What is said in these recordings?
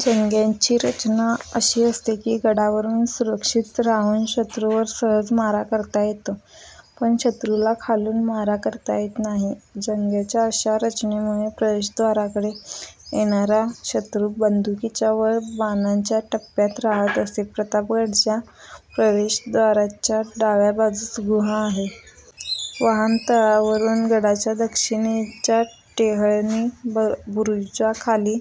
जंग्यांची रचना अशी असते की, गडावरून सुरक्षित राहून शत्रूवर सहज मारा करता येतो, पण शत्रूला खालून मारा करता येत नाही. जंग्यांच्या अशा रचनेमुळे प्रवेशद्वाराकडे येणारा शत्रु, बंदुकीच्या व बाणांच्या टप्प्यात रहात असे. प्रतापगडाच्या प्रवेशव्दाराच्या डाव्या बाजूस गुहा आहे. वाहनतळावरून गडाच्या दक्षिणेच्या टेहळणी बुरुजाखालून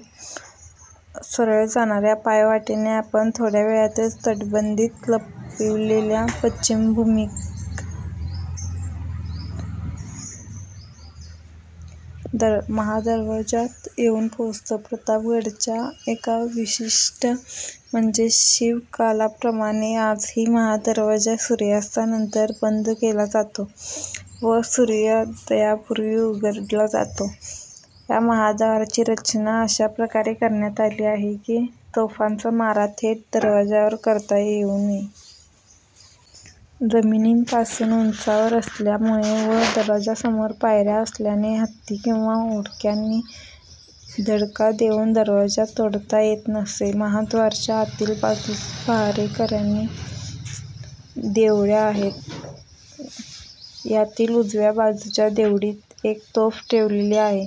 सरळ जाणाऱ्या पायवाटेने आपण थोड्या वेळातच तटबंदीत लपविलेल्या पश्चिमाभिमुख महादरवाज्यात येऊन पोहोचतो. प्रतापगडाचे एक वैशिष्ट्य म्हणजे शिवकालाप्रमाणे आजही महादरवाजा सूर्यास्तानंतर बंद केला जातो व सूर्योदयापूर्वी उघडला जातो. या महाद्वाराची रचना अशा प्रकारे करण्यात आली आहे की, तोफांचा मारा थेट दरवाजावर करता येऊ नये. जमिनीपासून उंचावर असल्यामुळे व दरवाजासमोर पायऱ्या असल्याने हत्ती किंवा ओंडक्यांनी धडका देवून दरवाजा तोडता येत नसे. महाद्वाराच्या आतील बाजूस पहारेकऱ्यासाठी देवड्या आहेत. यातील उजव्या बाजूच्या देवडीत एक तोफ ठेवलेली आहे.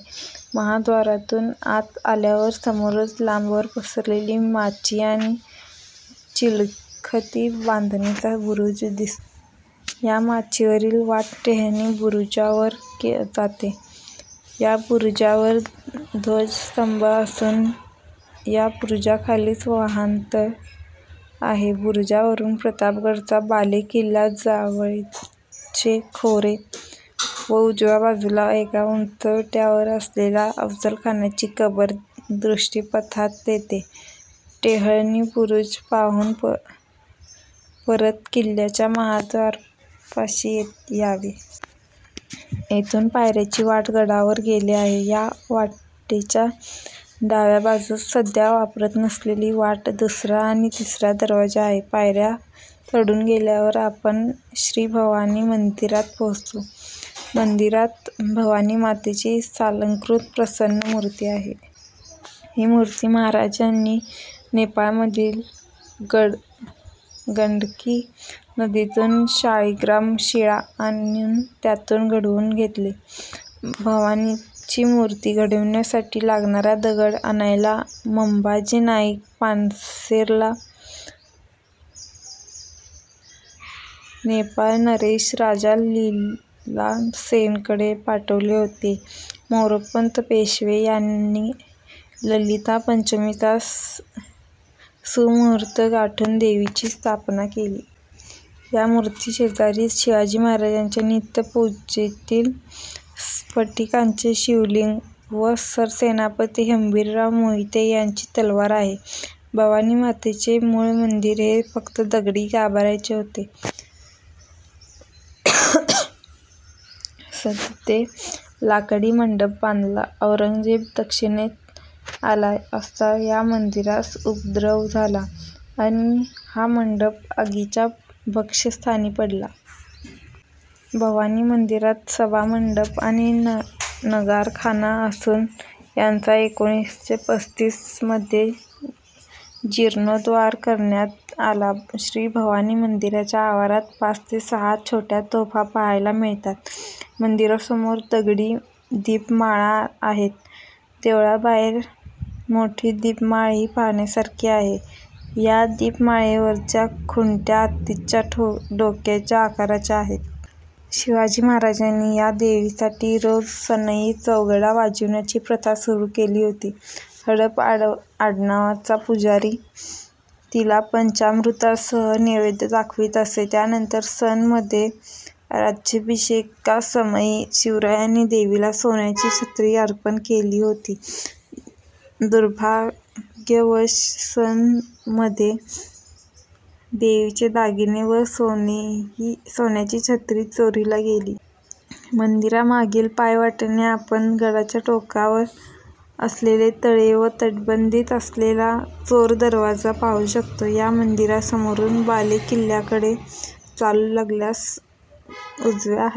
महाद्वारातून आत आल्यावर समोरच लांबवर पसरलेली माची आणि चिलखती बांधणीचा बुरूज दिसतो. या माचीवरील वाट टेहळणी बूरुजावर जाते. या बुरुजावर ध्वजस्तंभ असुन या बुरुजाखालीच वहानतळ आहे. बुरुजावरून प्रतापगडाचा बालेकिल्ला, जावळीचे खोरे व उजव्या बाजूला एका उंचवट्यावर असलेली अफजलखानाची कबर दृष्टीपथात येते. टेहळणी बुरुज पाहून परत किल्ल्याच्या महाद्वारापाशी यावे. येथून पायऱ्याची वाट गडावर गेली आहे. या वाटेच्या डाव्या बाजूस सध्या वापरात नसलेली वाट, दूसरा आणि तिसरा दरवाजा आहे. पायऱ्या चढून वर गेल्यावर आपण श्रीभवानी मंदिरात पोहोचतो. मंदिरात भवानीमातेची सालंकृत प्रसन्न मूर्ती आहे. ही मूर्ती महाराजांनी नेपाळमधील गंडकी नदीतून शाळीग्राम शिळा आणून त्यातून घडवून घेतली. भवानीची मूर्ती घडवण्यासाठी लागणारा दगड आणायला मंबाजी नाईक पानसरेला नेपाळ नरेश राजा लीलासेनकडे पाठवले होते. मोरोपंत पेशवे याने ललिता पंचमीचा सुमुहूर्त गाठून देवीची स्थापना केली. या मूर्तीशेजारीच शिवाजी महाराजांच्या नित्य पूजेतील स्फटिकाचे शिवलिंग व सरसेनापती हंबीरराव मोहिते यांची तलवार आहे. भवानी देवीचे मूळ मंदिर हे फक्त दगडी गाभाऱ्याचे होते. स. तेथे लाकडी मंडप बांधला. औरंगजेब दक्षिणेत आला असता या मंदिरास उपद्रव झाला आणि हा मंडप आगीच्या भक्ष्यस्थानी पडला. भवानीमंदिरात सभामंडप व नगारखाना असुन यांचा एकोणीसशे पस्तीस मध्ये जिर्णोद्धार करण्यात आला. श्रीभवानी मंदिराच्या आवारात पाच ते सहा छोट्या तोफा पाहायला मिळतात. मंदिरासमोर दगडी दिपमाळा आहेत. देवळाबाहेर मोठी दीपमाळही पाहण्यासारखी आहे. ह्या दीपमाळेवरच्या खुंट्या हत्तीच्या डोक्याच्या आकाराच्या आहेत. शिवाजी महाराजांनी या देवीसाठी रोज सनई चौघडा वाजविण्याची प्रथा सुरू केली होती. हडप आडनावाचा पुजारी तिला पंचामृतासह नैवेद्य दाखवीत असे. त्यानंतर सन मध्ये राज्याभिषेकासमयी शिवरायांनी देवीला सोन्याची छत्री अर्पण केली होती. दुर्भाग्यवश सन मध्ये देवीचे दागिने व ही सोन्याची छत्री चोरीला गेली. मंदिरामागील पायवाटेने आपण गडाच्या टोकावर असलेल्या तळे व तटबंदीत असलेला चोर दरवाजा पाहू शकतो. ह्या मंदिरासमोरून बालेकिल्ल्याकडे चालू लागल्यास उजव्या हाताला